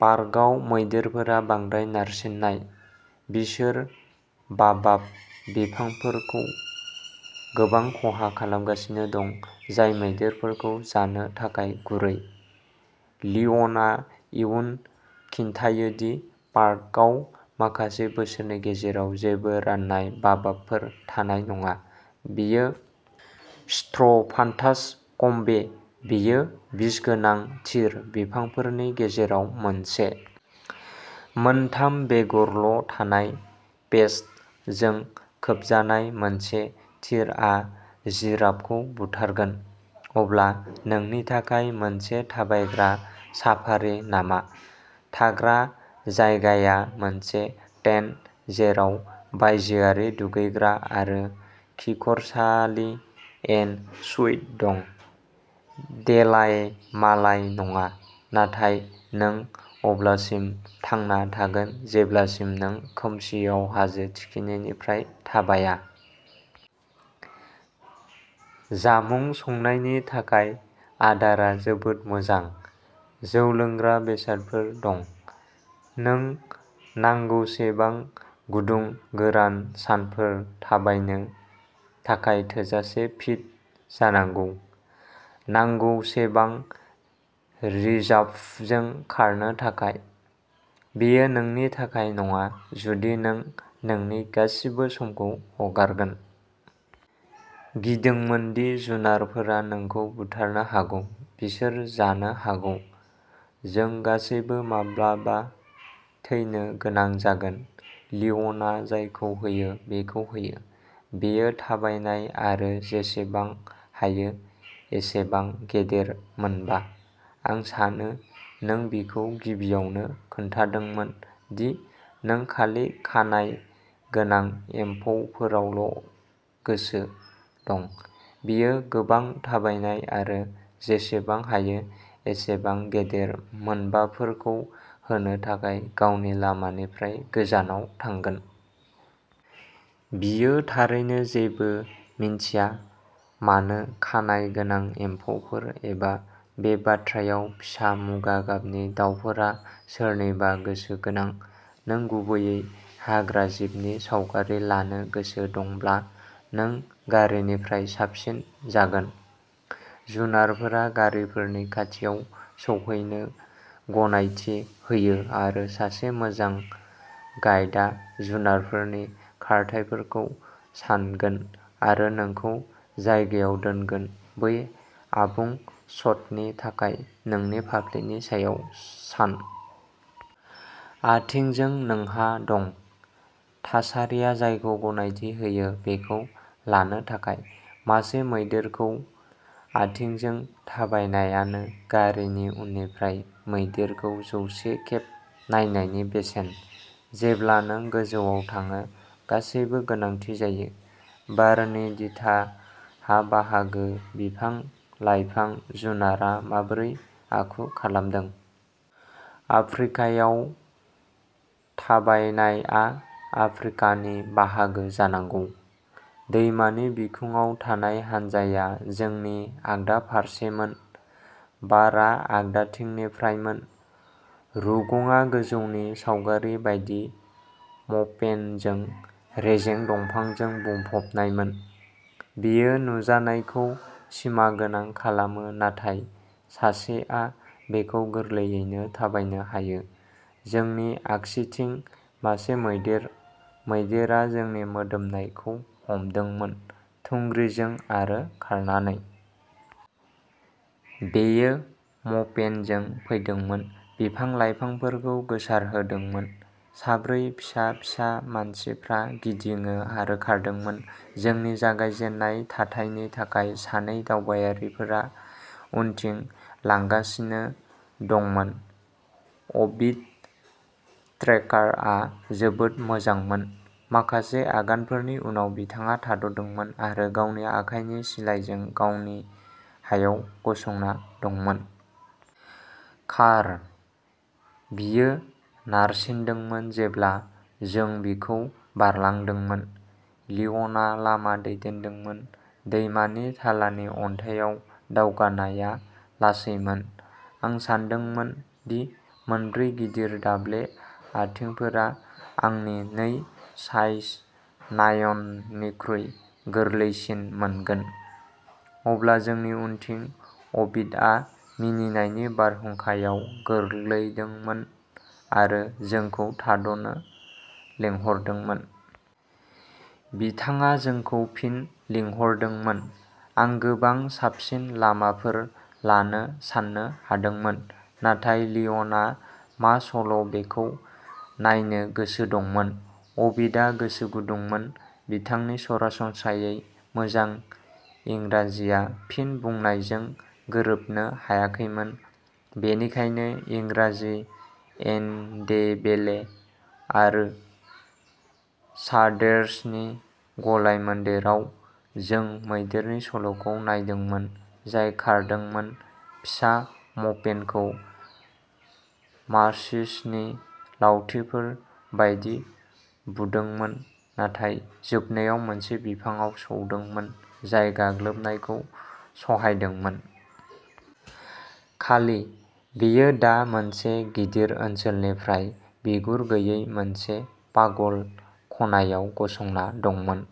पार्कआव मैदेरफोरा बांद्राय नारसिननाय। बिसोर बाबाब बिफांफोरखौ गोबां खहा खालामगासिनो दं, जाय मैदेरफोरखौ जानो थाखाय गुरै। लिय'नआ इयुन खिन्थायो दि पार्कआव माखासे बोसोरनि गेजेराव जेबो रानाय बाबाबफोर थानाय नङा। बेयो स्ट्र'फान्थास कम्बे, बेयो बिस गोनां थिर बिफांफोरनि गेजेराव मोनसे। मोनथाम बेगरल'थानाय पेस्टजों खोबजानाय मोनसे थिरआ जिराफखौ बुथारगोन। अब्ला, नोंनि थाखाय मोनसे थाबायग्रा साफारि नामा? थाग्रा जायगाया मोनसे टेन्ट जेराव बायजोआरि दुगैग्रा आरो खिखरसालि एन सुइट दं। देलायमालाय नङा, नाथाय नों अब्लासिम थांना थागोन जेब्लासिम नों खोमसिआव हाजो थिखिनिनिफ्राय थाबाया। जामुं संनायनि थाखाय आदारा जोबोद मोजां। जौ लोंग्रा बेसादफोर दं। नों नांगौसेबां गुदुं गोरान सानफोर थाबायनो थाखाय थोजासे फिट जानांगौ, नांगौसेबां रिजार्भजों खारनो थाखाय। बेयो नोंनि थाखाय नङा, जुदि नों नोंनि गासिबो समखौ हगारगोन। गिदोंमोन दि जुनारफोरा नोंखौ बुथारनो हागौ। बिसोर जानो हागौ... जों गासैबो माब्लाबा थैनो गोनां जागोन। लिय'नआ जायखौ होयो बेखौ होयो, बेयो थाबायनाय आरो जेसेबां हायो एसेबां गेदेर मोनबा। आं सानो नों बिखौ गिबियावनो खोन्थादोंमोन दि नों खालि खानाय गोनां एम्फौफोरावल'गोसो दं, बियो गोबां थाबायनाय आरो जेसेबां हायो एसेबां गेदेर मोनबाफोरखौ होनो थाखाय गावनि लामानिफ्राय गोजानाव थांगोन! बियो थारैनो जेबो मिन्थिया मानो खानाय गोनां एम्फौफोर एबा, बे बाथ्रायाव, फिसा मुगा गाबनि दावफोरा सोरनिबा गोसो गोनां। नों गुबैयै हाग्राजिबनि सावगारि लानो गोसो दंब्ला नों गारिनिफ्राय साबसिन जागोन। जुनारफोरा गारिफोरनि खाथियाव सौहैनो गनायथि होयो आरो सासे मोजां गाइडा जुनारफोरनि खारथाइफोरखौ सान्गोन आरो नोंखौ जायगायाव दोनगोन, बै आबुं शटनि थाखाय नोंनि फाफ्लिनि सायाव सान। आथिंजों नोंहा दं। थासारिया जायखौ गनायथि होयो बेखौ लानो थाखाय। मासे मैदेरखौ आथिंजों थाबायनायानो गारिनि उननिफ्राय मैदेरखौ जौसे खेब नायनायनि बेसेन। जेब्ला नों गोजौआव थाङो, गासैबो गोनांथि जायो। बारनि दिथा, हा-बाहागो, बिफां-लाइफां, जुनारआ माबोरै आखु खालामदों। आफ्रिकायाव थाबायनायआ आफ्रिकानि बाहागो जानांगौ। दैमानि बिखुंआव थानाय हानजाया जोंनि आगदा फारसेमोन, बारआ आगदाथिंनिफ्रायमोन। रुगुंआ गोजौनि सावगारि बायदि म'पेनजों रेजें दंफांजों बुंफबनायमोन। बेयो नुजानायखौ सिमागोनां खालामो नाथाय सासेआ बेखौ गोरलैयैनो थाबायनो हायो। जोंनि आगसिथिं मासे मैदेर मैदेरा जोंनि मोदोमनायखौ हमदोंमोन, थुंग्रिजों आरो खारनानै। बेयो म'पेनजों फैदोंमोन, बिफां-लाइफांफोरखौ गोसारहोदोंमोन। साब्रै फिसा-फिसा मानसिफ्रा गिदिङो आरो खारदोंमोन। जोंनि जागायजेननाय थाथायनि थाखाय सानै दावबायारिफोरा उनथिं लांगासिनो दंमोन। अबीद, ट्रेकारआ जोबोद मोजांमोन। माखासे आगानफोरनि उनाव बिथाङा थाद'दोंमोन आरो गावनि आखाइनि सिलाइजों गावनि हायाव गसंना दंमोन। "खार" बियो नारसिनदोंमोन जेब्ला जों बिखौ बारलांदोंमोन। लिय'नआ लामा दैदेनदोंमोन। दैमानि थालानि अन्थाइआव दावगानायआ लासैमोन, आं सानदोंमोन दि मोनब्रै गिदिर दाब्ले आथिंफोरा आंनि नै साइज नाइननिख्रुइ गोरलैसिन मोनगोन। अब्ला जोंनि उनथिं अबीदआ मिनिनायनि बारहुंखायाव गोग्लैदोंमोन आरो जोंखौ थाद'नो लिंहरदोंमोन। बिथाङा जोंखौ फिन लिंहरदोंमोन। आं गोबां साबसिन लामाफोर लानो सान्नो हादोंमोन नाथाय लिय'नआ मा सल'बेखौ नायनो गोसो दंमोन। अबीदआ गोसो गुदुंमोन, बिथांनि सरासनस्रायै मोजां इंराजिया फिन बुंनायजों गोरोबनो हायाखैमोन। बेनिखायनो इंराजि, एनडेबेले आरो चार्डेसनि गलायमोन्देराव जों मैदेरनि सल'खौ नायदोंमोन जाय खारदोंमोन, फिसा म'पेनखौ माचिसनि लावथिफोर बायदि बुदोंमोन नाथाय जोबनायाव मोनसे बिफांआव सौदोंमोन जाय गाग्लोबनायखौ सहायदोंमोन। खालि, बेयो दा मोनसे गिदिर ओनसोलनिफ्राय बिगुर गैयै मोनसे पागल खनायाव गसंना दंमोन।